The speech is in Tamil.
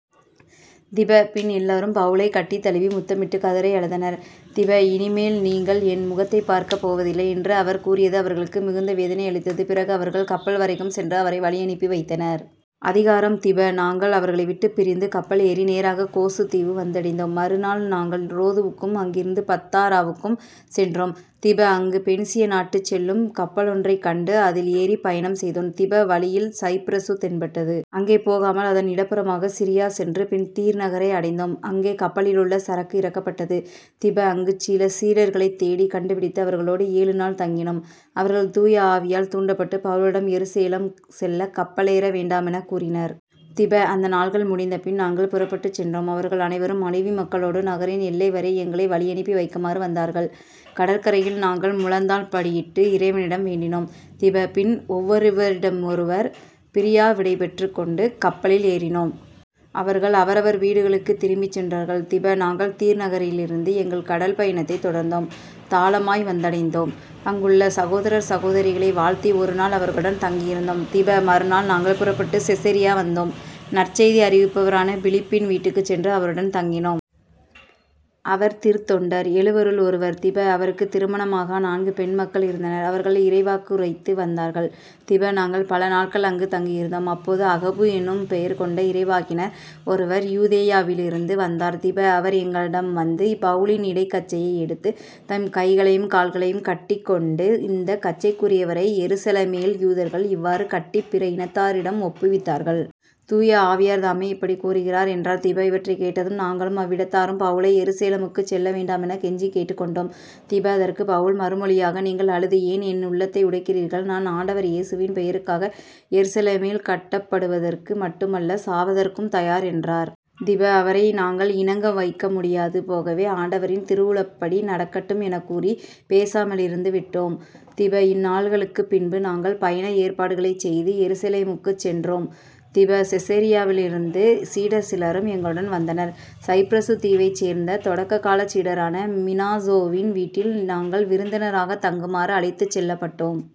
திப. பின் எல்லாரும் பவுலைக் கட்டித் தழுவி முத்தமிட்டுக் கதறி அழுதனர். திப. " இனி மேல் நீங்கள் என் முகத்தைப் பார்க்கப் போவதில்லை " என்று அவர் கூறியது அவர்களுக்கு மிகுந்த வேதனை அளித்தது. பிறகு அவர்கள் கப்பல்வரைக்கும் சென்று அவரை வழியனுப்பி வைத்தனர்.. அதிகாரம் திப. நாங்கள் அவர்களை விட்டுப் பிரிந்து கப்பல் ஏறி நேராகக் கோசு தீவு வந்தடைந்தோம். மறு நாள் நாங்கள் ரோதுக்கும் அங்கிருந்து பத்தாராவுக்கும் சென்றோம். திப. அங்கு பெனிசிய நாட்டுக்குச் செல்லும் கப்பலொன்றைக் கண்டு அதில் ஏறிப் பயணம் செய்தோம். திப. வழியில் சைப்பிரசு தென்பட்டது. அங்கே போகாமல் அதன் இடப் புறமாக சிரியா சென்று பின் தீர் நகரை அடைந்தோம். அங்கே கப்பலிலுள்ள சரக்கு இறக்கப்பட்டது. திப. அங்குச் சில சீடர்களைத் தேடிக் கண்டுபிடித்து அவர்களோடு ஏழு நாள் தங்கினோம். அவர்கள் தூய ஆவியால் தூண்டப்பட்டு பவுலிடம் எருசலேம் செல்லக் கப்பலேற வேண்டாமெனக் கூறினர். திப. அந்த நாள்கள் முடிந்தபின் நாங்கள் புறப்பட்டுச் சென்றோம். அவர்கள் அனைவரும் மனைவி மக்களோடு நகரின் எல்லை வரை எங்களை வழி அனுப்பி வைக்குமாறு வந்தார்கள். கடற்கரையில் நாங்கள் முழந்தாள் படியிட்டு இறைவனிடம் வேண்டினோம். திப. பின் ஒவ்வரிடமொருவர் பிரியா விடை பெற்றுக் கொண்டு கப்பலில் ஏறினோம். அவர்கள் அவரவர் வீடுகளுக்குத் திரும்பிச் சென்றார்கள். திப. நாங்கள் தீர் நகிலிருந்து எங்கள் கடல் பயணத்தைத் தொடர்ந்து தாலமாய் வந்தடைந்தோம். அங்குள்ள சகோதரர் சகோதரிகளை வாழ்த்தி ஒரு நாள் அவர்களுடன் தங்கியிருந்தோம். திப. மறுநாள் நாங்கள் புறப்பட்டுச் செசரியா வந்தோம். நற்செய்தி அறிவிப்பவரான பிலிப்பின் வீட்டுக்குச் சென்று அவருடன் தங்கினோம். அவர் திருத்தொண்டர் எழுவருள் ஒருவர். திப. அவருக்குத் திருமணமாகா நான்கு பெண் மக்கள் இருந்தனர். அவர்கள் இறைவாக்குரைத்து வந்தார்கள். திப. நாங்கள் பல நாள்கள் அங்குத் தங்கியிருந்தோம். அப்போது அகபு என்னும் பெயர் கொண்ட இறைவாக்கினர் ஒருவர் யூதேயாவிலிருந்து வந்தார். திப. அவர் எங்களிடம் வந்து பவுலின் இடைக் கச்சையை எடுத்து தம் கைகளையும் கால்களையும் கட்டிக் கொண்டு " இந்தக் கச்சைக்குரியவரை எருசலேமில் யூதர்கள் இவ்வாறு கட்டிப் பிற இனத்தாரிடம் ஒப்புவித்தார்கள். தூய ஆவியார்தாமே இப்படிக் கூறுகிறார் " என்றார். திப. இவற்றைக் கேட்டதும் நாங்களும் அவ்விடத்தாரும் பவுலை எருசலேமுக்குச் செல்ல வேண்டாமெனக் கெஞ்சிக் கேட்டுக் கொண்டோ ம். திப. அதற்குப் பவுல் மறுமொழியாக " நீங்கள் அழுது ஏன் என் உள்ளத்தை உடைக்கிறீர்கள்? நான் ஆண்டவர் இயேசுவின் பெயருக்காக எருசலேமில் கட்டப்படுவதற்கு மட்டுமல்ல சாவதற்கும் தயார் " என்றார். திப. அவரை நாங்கள் இணங்க வைக்க முடியாது போகவே " ஆண்டவரின் திருவுளப்படி நடக்கட்டும் " எனக்கூறிப் பேசாமலிருந்து விட்டோ ம். திப. இந்நாள்களுக்குப் பின்பு நாங்கள் பயண ஏற்பாடுகளைச் செய்து எருசலேமுக்குச் சென்றோம். திப. செசரியாவிலிருந்து சீடர் சிலரும் எங்களுடன் வந்தனர். சைப்பிரசு தீவைச் சேர்ந்த தொடக்க காலச் சீடரான மினாசோவின் வீட்டில் நாங்கள் விருந்தினராகத் தங்குமாறு அழைத்துச் செல்லப்பட்டோ ம்.